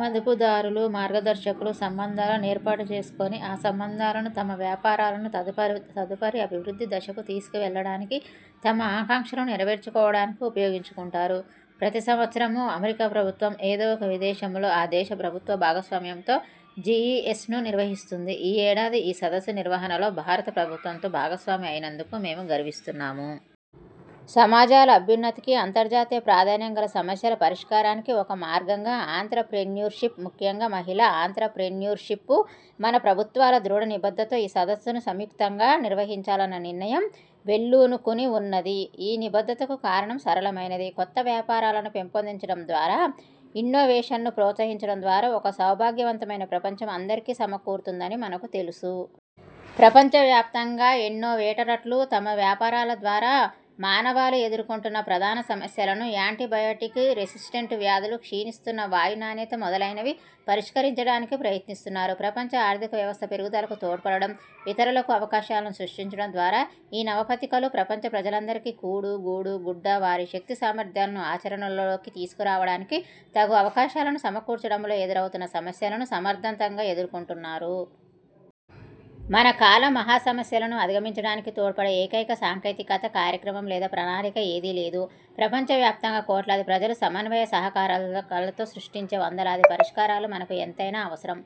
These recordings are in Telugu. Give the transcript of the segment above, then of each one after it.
మదుపుదారులు, మార్గదర్శకులు సంబంధాల నేర్పాటు చేసుకొని, ఆ సంబంధాలను తమ వ్యాపారాలను తదుపరి అభివృద్ధి దశకు తీసుకు వెళ్ళడానికి, తమ ఆకాంక్షలను నెరవేర్చుకోవడానికి ఉపయోగించుకుంటారు. ప్రతి సంవత్సరమూ, అమెరికా ప్రభుత్వం, ఏదో ఒక విదేశంలో, ఆ దేశ ప్రభుత్వ భాగస్వామ్యంతో జిఇఎస్ను నిర్వహిస్తుంది. ఈ ఏడాది ఈ సదస్సు నిర్వహణలో భారత ప్రభుత్వంతో భాగస్వామి అయినందుకు మేము గర్విస్తున్నాము. సమాజాల అభ్యున్నతికి, అంతర్జాతీయ ప్రాధాన్యం గల సమస్యల పరిష్కారానికి ఒక మార్గంగా ఆంత్రప్రెన్యూర్షిప్, ముఖ్యంగా మహిళా ఆంత్రప్రెన్యూర్షిప్కు మన ప్రభుత్వాల దృఢ నిబద్ధతలో ఈ సదస్సును సంయుక్తంగా నిర్వహించాలన్న నిర్ణయం వేళ్ళూనుకునివున్నది. ఈ నిబద్ధతకు కారణం సరళమైనది. కొత్త వ్యాపారాలను పెంపొందించడం ద్వారా, ఇన్నోవేషన్ను ప్రోత్సహించడం ద్వారా ఒక సౌభాగ్యవంతమైన ప్రపంచం అందరికీ సమకూరుతుందని మనకు తెలుసు. ప్రపంచవ్యాప్తంగా ఇన్నోవేటర్లు తమ వ్యాపారాల ద్వారా మానవాళి ఎదుర్కొంటున్న ప్రధాన సమస్యలను––యాన్టీబయోటిక్ రెసిస్టెంట్ వ్యాధులు, క్షీణిస్తున్న వాయు నాణ్యత మొదలైనవి––పరిష్కరించడానికి ప్రయత్నిస్తున్నారు. ప్రపంచ ఆర్థిక వ్యవస్థ పెరుగుదలకు తోడ్పడడం, ఇతరులకు అవకాశాలను సృష్టించడం ద్వారా ఈ నవ పథికులు ప్రపంచ ప్రజలందరికీ కూడు, గూడు, గుడ్డ, వారి శక్తి సామర్థ్యాలను ఆచర ణలలోకి తీసుకురావడానికి తగు అవకాశాలను సమకూర్చడంలో ఎదురవుతున్న సమస్యలను సమర్థంగా ఎదుర్కొంటున్నారు. మన కాలం మహా సమస్యలను అధిగమించడానికి తోడ్పడే ఏకైక సాంకేతికత, కార్యక్రమం లేదా ప్రణాళిక ఏదీ లేదు. ప్రపంచవ్యాప్తంగా కోట్లాది ప్రజలు సమన్వయ సహకారాలతో సృష్టించే వందలాది పరిష్కారాలు మనకు ఎంతైనా అవసరం.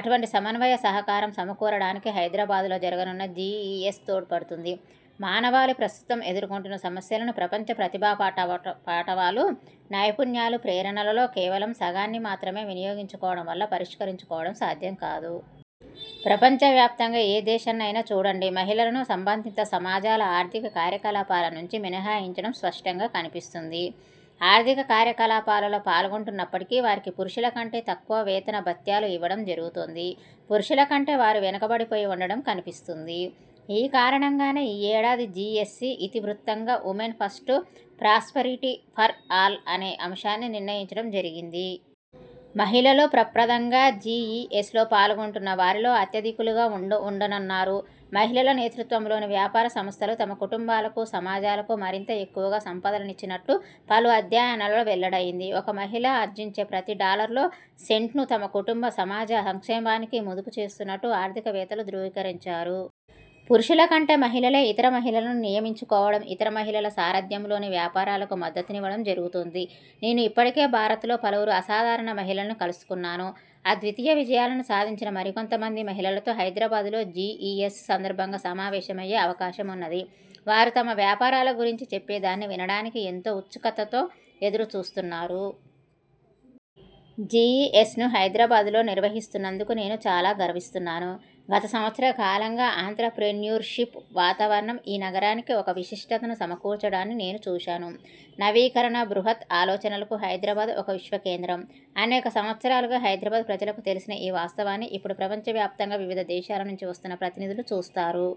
అటువంటి సమన్వయ సహకారం సమకూరడానికి హైదరాబాద్లో జరగనున్న జిఇఎస్ తోడ్పడుతుంది. మానవాళి ప్రస్తుతం ఎదుర్కొంటున్న సమస్యలను, ప్రపంచ ప్రతిభాపాటవాలు, నైపుణ్యాలు, ప్రేరణలలో కేవలం సగాన్ని మాత్రమే వినియోగించుకోవడం వల్ల పరిష్కరించుకోవడం సాధ్యం కాదు. ప్రపంచవ్యాప్తంగా ఏ దేశాన్నయినా చూడండి– మహిళలను సంబంధిత సమాజాల ఆర్థిక కార్యకలాపాల నుంచి మినహాయించడం స్పష్టంగా కన్పిస్తుంది. ఆర్థిక కార్యకలాపాలలో పాల్గొంటున్నప్పటికీ వారికి పురుషులకంటే తక్కువ వేతన భత్యాలు ఇవ్వడం జరుగుతోంది. పురుషులకంటే వారు వెనుకబడిపోయి వుండడం కన్పిస్తుంది. ఈ కారణంగానే ఈ ఏడాది జిఇఎస్ ఇతివృత్తంగా 'women first, prosperity for all' అనే అంశాన్ని నిర్ణయించడం జరిగింది. మహిళలు ప్రప్రథమంగా జిఇఎస్లో పాల్గొంటున్న వారిలో అత్యధికులుగా వుండనున్నారు. మహిళల నేతృత్వంలోని వ్యాపార సంస్థలు తమ కుటుంబాలకు, సమాజాలకు మరింత ఎక్కువగా సంపదలనిచ్చినట్టు పలు అధ్యయనాలలో వెల్లడయింది. ఒక మహిళ ఆర్జించే ప్రతి డాలర్లో సెంట్స్ను తమ కుటుంబ, సమాజ సంక్షేమానికి మదుపు చేస్తున్నట్టు ఆర్థికవేత్తలు ధ్రువీకరించారు. పురుషుల కంటే మహిళలే ఇతర మహిళలను నియమించుకోవడం, ఇతర మహిళల సారథ్యంలోని వ్యాపారాలకు మద్దతునివ్వడం జరుగుతోంది. నేను ఇప్పటికే భారత్లో పలువురు అసాధారణ మహిళలను కలుసుకున్నాను. అద్వితీయ విజయాలను సాధించిన మరికొంతమంది మహిళలతో హైదరాబాద్లో జిఇఎస్ సందర్భంగా సమావేశమయ్యే అవకాశమున్నది. వారు తమ వ్యాపారాల గురించి చెప్పే దాన్ని వినడానికి ఎంతో ఉత్సుకతతో ఎదురు చూస్తున్నాను. జిఇఎస్ను హైదరాబాద్లో నిర్వహిస్తున్నందుకు నేను చాలా గర్విస్తున్నాను. గత సంవత్సర కాలంగా ఆంత్రప్రెన్యూర్ షిప్ వాతావరణం ఈ నగరానికి ఒక విశిష్టతను సమకూర్చడాన్ని నేను చూశాను. నవీకరణ, బృహత్ ఆలోచనలకు హైదరాబాద్ ఒక విశ్వకేంద్రం. అనేక సంవత్సరాలుగా హైదరాబాద్ ప్రజలకు తెలిసిన ఈ వాస్తవాన్ని ఇప్పుడు ప్రపంచ వ్యాప్తంగా వివిధ దేశాల నుంచి వస్తున్న ప్రతినిధులు చూస్తారు.